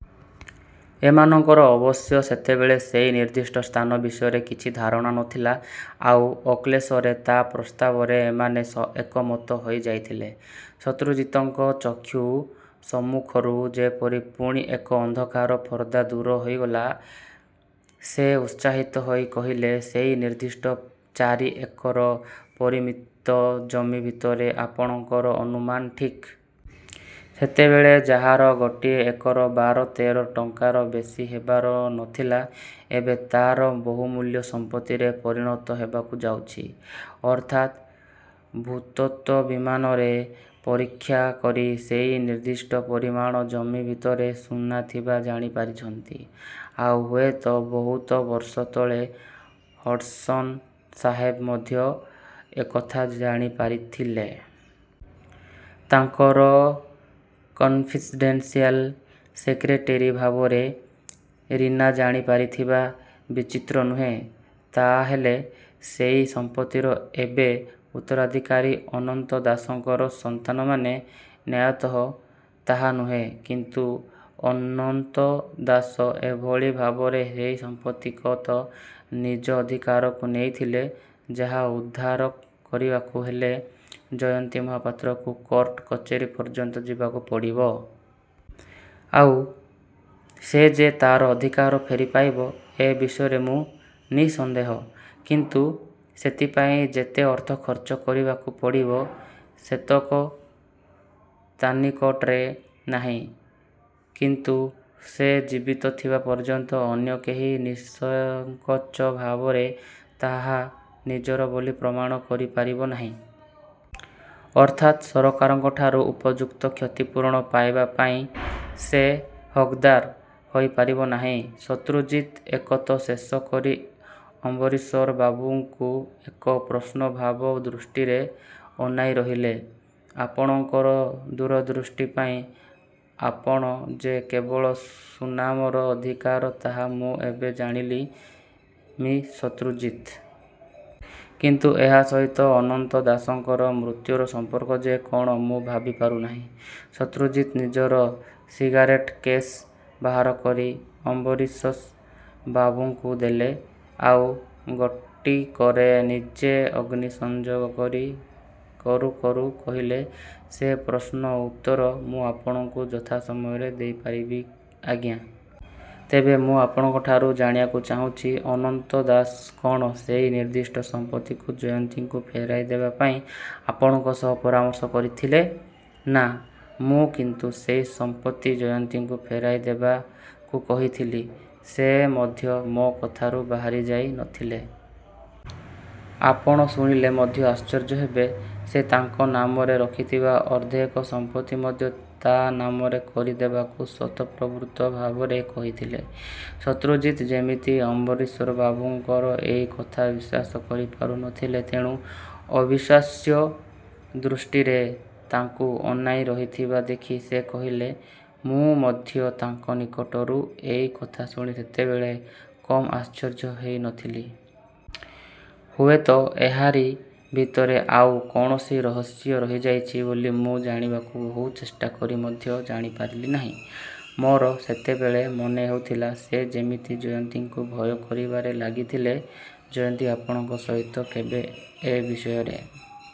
ଏମାନଙ୍କର ଅବଶ୍ୟ ସେତେବେଳେ ସେଇ ନିର୍ଦ୍ଦିଷ୍ଟ ସ୍ଥାନ ବିଷୟରେ କିଛି ଧାରଣା ନ ଥିଲା। ଆଉ ଅକ୍ଲେଶରେ ତା' ପ୍ରସ୍ତାବରେ ଏମାନେ ଏକମତ ହୋଇଯାଇଥିଲେ। ' ଶତ୍ରୁଜିତଙ୍କ ଚକ୍ଷୁ ସମ୍ମୁଖରୁ ଯେପରି ପୁଣି ଏକ ଅନ୍ଧକାର ପର୍ଦ୍ଦା ଦୂର ହୋଇଗଲା। ସେ ଉତ୍ସାହିତ ହୋଇ କହିଲେ, 'ସେଇ ନିର୍ଦ୍ଦିଷ୍ଟ ଚାରି ଏକର ପରିମିତ ଜମି ଭିତରେ' 'ଆପଣଙ୍କର ଅନୁମାନ ଠିକ୍। ସେତେବେଳେ ଯାହାର ଗୋଟିଏ ଏକର ବାର ତେର ଟଙ୍କାର ବେଶୀ ହେବାର ନ ଥିଲା, ଏବେ ତାହା ବହୁମୂଲ୍ୟ ସମ୍ପତ୍ତିରେ ପରିଣତ ହେବାକୁ ଯାଉଛି। ଅର୍ଥାତ ଭୂତତ୍ତ୍ୱବିତ୍ମାନେ ପରୀକ୍ଷା କରି ସେଇ ନିର୍ଦ୍ଦଷ୍ଟ ପରିମାଣ ଜମି ଭିତରେ ସୁନା ଥିବା ଜାଣିପାରିଛନ୍ତି। ଆଉ ହୁଏତ ବହୁତ ବର୍ଷ ତଳେ ହଡ୍ସନ ସାହେବ ମଧ୍ୟ ଏକଥା ଜାଣିପାରିଥିଲେ। ତାଙ୍କର କନ୍ଫିଡେନସିଆଲ ସେକ୍ରେଟେରୀ ଭାବରେ ରୀନା ଜାଣିପାରିଥିବା ବିଚିତ୍ର ନୁହେଁ। ' 'ତା' ହେଲେ ସେଇ ସମ୍ପତ୍ତିର ଏବେ ଉତ୍ତରାଧିକାରୀ ଅନନ୍ତ ଦାସଙ୍କର ସନ୍ତାନମାନେ? ' 'ନ୍ୟାୟତଃ ତାହା ନୁହେଁ। କିନ୍ତୁ ଅନନ୍ତ ଦାସ ଏଭଳି ଭାବରେ ସେଇ ସମ୍ପତ୍ତିତକ ନିଜ ଅଧିକାରକୁ ନେଇଥିଲେ, ଯାହା ଉଦ୍ଧାର କରିବାକୁ ହେଲେ ଜୟନ୍ତୀ ମହାପାତ୍ରକୁ କୋର୍ଟ କଚେରୀ ପର୍ଯ୍ୟନ୍ତ ଯିବାକୁ ପଡ଼ିବ। ଆଉ ସେ ଯେ ତା'ର ଅଧିକାର ଫେରିପାଇବ ଏ ବିଷୟରେ ମୁଁ ନିଃସନ୍ଦେହ। କିନ୍ତୁ ସେଥିପାଇଁ ଯେତେ ଅର୍ଥ ଖର୍ଚ୍ଚ କରିବାକୁ ପଡ଼ିବ, ସେତକ ତାନିକଟରେ ନାହିଁ। ' 'କିନ୍ତୁ ସେ ଜୀବିତ ଥିବା ପର୍ଯ୍ୟନ୍ତ ଅନ୍ୟ କେହି ନିଃସଙ୍କୋଚ ଭାବରେ ତାହା ନିଜର ବୋଲି ପ୍ରମାଣ କରିପାରିବ ନାହିଁ। ଅର୍ଥାତ୍ ସରକାରଙ୍କଠାରୁ ଉପଯୁକ୍ତ କ୍ଷତିପୂରଣ ପାଇବାପାଇଁ ସେ ହକ୍ଦାର ହୋଇପାରିବ ନାହିଁ? ' ଶତ୍ରୁଜିତ ଏତକ ଶେଷ କରି ଅମ୍ବରୀଶ ବାବୁଙ୍କୁ ଏକ ପ୍ରଶ୍ନଭରା ଦୃଷ୍ଟିରେ ଅନାଇ ରହିଲେ। 'ଆପଣଙ୍କର ଦୂରଦୃଷ୍ଟି ପାଇଁ ଆପଣ ଯେ କେବଳ ସୁନାମର ଅଧିକାର, ତାହା ମୁଁ ଏବେ ଜାଣିଲି, ମି: ଶତ୍ରୁଜତି! କିନ୍ତୁ ଏହା ସହିତ ଅନନ୍ତ ଦାସଙ୍କର ମୃତ୍ୟୁର ସମ୍ପର୍କ ଯେ କ'ଣ ମୁଁ ଭାବିପାରୁନାହିଁ। ' ଶତ୍ରୁଜିତ ନିଜର ସିଗାରେଟ କେସ୍। ବାହାର କରି ଅମ୍ବରୀଶ ବାବୁଙ୍କୁ ଦେଲେ। ଆଉ ଗୋଟିକରେ ନିଜେ ଅଗ୍ନିସଂଯୋଗ କରୁ କରୁ କହିଲେ, 'ସେ ପ୍ରଶ୍ନର ଉତ୍ତର ମୁଁ ଆପଣଙ୍କୁ ଯଥାସମୟରେ ଦେଇପାରିବି, ଆଜ୍ଞା! ତେବେ ମୁଁ ଆପଣଙ୍କଠାରୁ ଜାଣିବାକୁ ଚାହୁଁଛି, ଅନନ୍ତ ଦାସ କ'ଣ ସେଇ ନିର୍ଦ୍ଦିଷ୍ଟ ସମ୍ପତ୍ତିକୁ ଜୟନ୍ତୀକୁ ଫେରାଇ ଦେବାପାଇଁ ଆପଣଙ୍କ ସହ ପରାମର୍ଶ କରିଥିଲେ-? ' 'ନା। ମୁଁ କିନ୍ତୁ ସେଇ ସମ୍ପତ୍ତି ଜୟନ୍ତୀକୁ ଫେରାଇ ଦେବାକୁ କହିଥିଲି। ସେ ମଧ୍ୟ ମୋ କଥାରୁ ବାହାରିଯାଇ ନ ଥିଲେ। ଆପଣ ଶୁଣିଲେ ମଧ୍ୟ ଆଶ୍ଚର୍ଯ୍ୟ ହେବେ, ସେ ତାଙ୍କ ନାମରେ ରଖିଥିବା ଅର୍ଦ୍ଧେକ ସମ୍ପତ୍ତି ମଧ୍ୟ ତା' ନାମରେ କରିଦେବାକୁ ସ୍ୱତଃପ୍ରବୃତ୍ତ ଭାବରେ କହିଥିଲେ। ' ଶତ୍ରୁଜିତ ଯେମିତି ଅମ୍ବରୀଶବାବୁଙ୍କର ଏଇ କଥାକୁ ବିଶ୍ୱାସ କରିପାରୁ ନ ଥିଲେ। ତେଣୁ ଅବିଶ୍ୱାସ୍ୟ ଦୃଷ୍ଟିରେ ତାଙ୍କୁ ଅନାଇ ରହିଥିବା ଦେଖି ସେ କହିଲେ, 'ମୁଁ ମଧ୍ୟ ତାଙ୍କ ନିକଟରୁ ଏଇ କଥା ଶୁଣି ସେତେବେଳେ କମ୍ ଆଶ୍ଚର୍ଯ୍ୟ ହେଇ ନ ଥିଲି। ହୁଏତ ଏହାରି ଭିତରେ ଆଉ କୌଣସି ରହସ୍ୟ ରହିଯାଇଛି ବୋଲି ମୁଁ ଜାଣିବାକୁ ବହୁ ଚେଷ୍ଟା କରି ମଧ୍ୟ ଜାଣିପାରିଲି ନାହିଁ। ମୋର ସେତେବେଳେ ମନେହେଉଥିଲା, ସେ ଯେମିତି ଜୟନ୍ତୀକୁ ଭୟ କରିବାରେ ଲାଗିଥିଲେ। ' 'ଜୟନ୍ତୀ ଆପଣଙ୍କ ସହିତ କେବେ ଏ ବିଷୟରେ